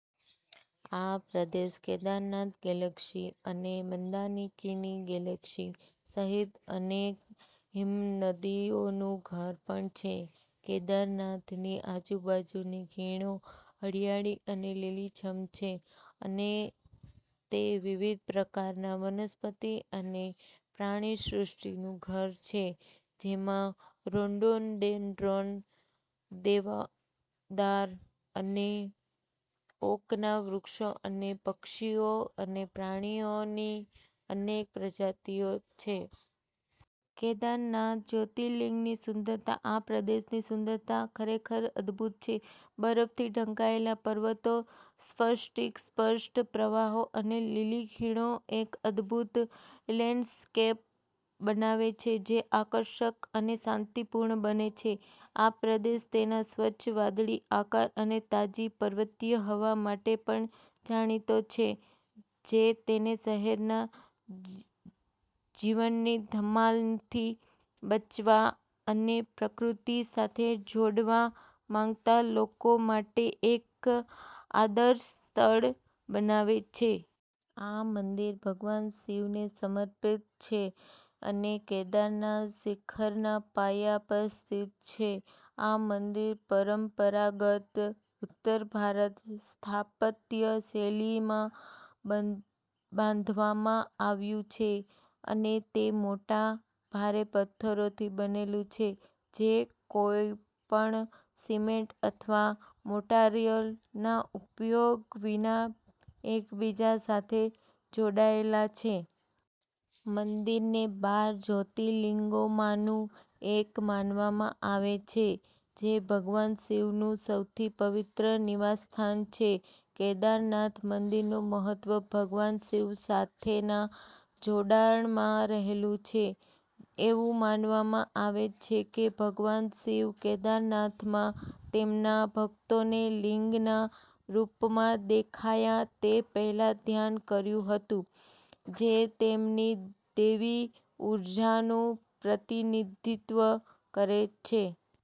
આ પ્રદેશ કેદારનાથ ગ્લેશિયર અને મંદાકિની ગ્લેશિયર સહિત અનેક હિમનદીઓનું ઘર પણ છે. કેદારનાથની આજુબાજુની ખીણો હરિયાળી અને લીલીછમ છે અને તે વિવિધ પ્રકારના વનસ્પતિ અને પ્રાણીસૃષ્ટિનું ઘર છે, જેમાં રોડોડેન્ડ્રોન, દેવદાર અને ઓકના વૃક્ષો અને પક્ષીઓ અને પ્રાણીઓની અનેક પ્રજાતિઓ છે. કેદારનાથ જ્યોતિર્લિંગની સુંદરતા આ પ્રદેશની સુંદરતા ખરેખર અદ્ભુત છે. બરફથી ઢંકાયેલા પર્વતો, સ્ફટિક-સ્પષ્ટ પ્રવાહો અને લીલી ખીણો એક અદભૂત લેન્ડસ્કેપ બનાવે છે જે આકર્ષક અને શાંતિપૂર્ણ બંને છે. આ પ્રદેશ તેના સ્વચ્છ વાદળી આકાશ અને તાજી પર્વતીય હવા માટે પણ જાણીતો છે, જે તેને શહેરના જીવનની ધમાલથી બચવા અને પ્રકૃતિ સાથે જોડાવા માંગતા લોકો માટે એક આદર્શ સ્થળ બનાવે છે. આ મંદિર ભગવાન શિવને સમર્પિત છે અને કેદારનાથ શિખરના પાયા પર સ્થિત છે. આ મંદિર પરંપરાગત ઉત્તર ભારતીય સ્થાપત્ય શૈલીમાં બાંધવામાં આવ્યું છે, અને તે મોટા, ભારે પથ્થરોથી બનેલું છે જે કોઈપણ સિમેન્ટ અથવા મોર્ટારના ઉપયોગ વિના એકબીજા સાથે જોડાયેલા છે. મંદિરને બાર જ્યોતિર્લિંગોમાંનું એક માનવામાં આવે છે, જે ભગવાન શિવનું સૌથી પવિત્ર નિવાસસ્થાન છે. કેદારનાથ મંદિરનું મહત્વ ભગવાન શિવ સાથેના જોડાણમાં રહેલું છે. એવું માનવામાં આવે છે કે ભગવાન શિવે કેદારનાથમાં તેમના ભક્તોને લિંગના રૂપમાં દેખાયા તે પહેલાં ધ્યાન કર્યું હતું, જે તેમની દૈવી ઊર્જાનું પ્રતિનિધિત્વ કરે છે.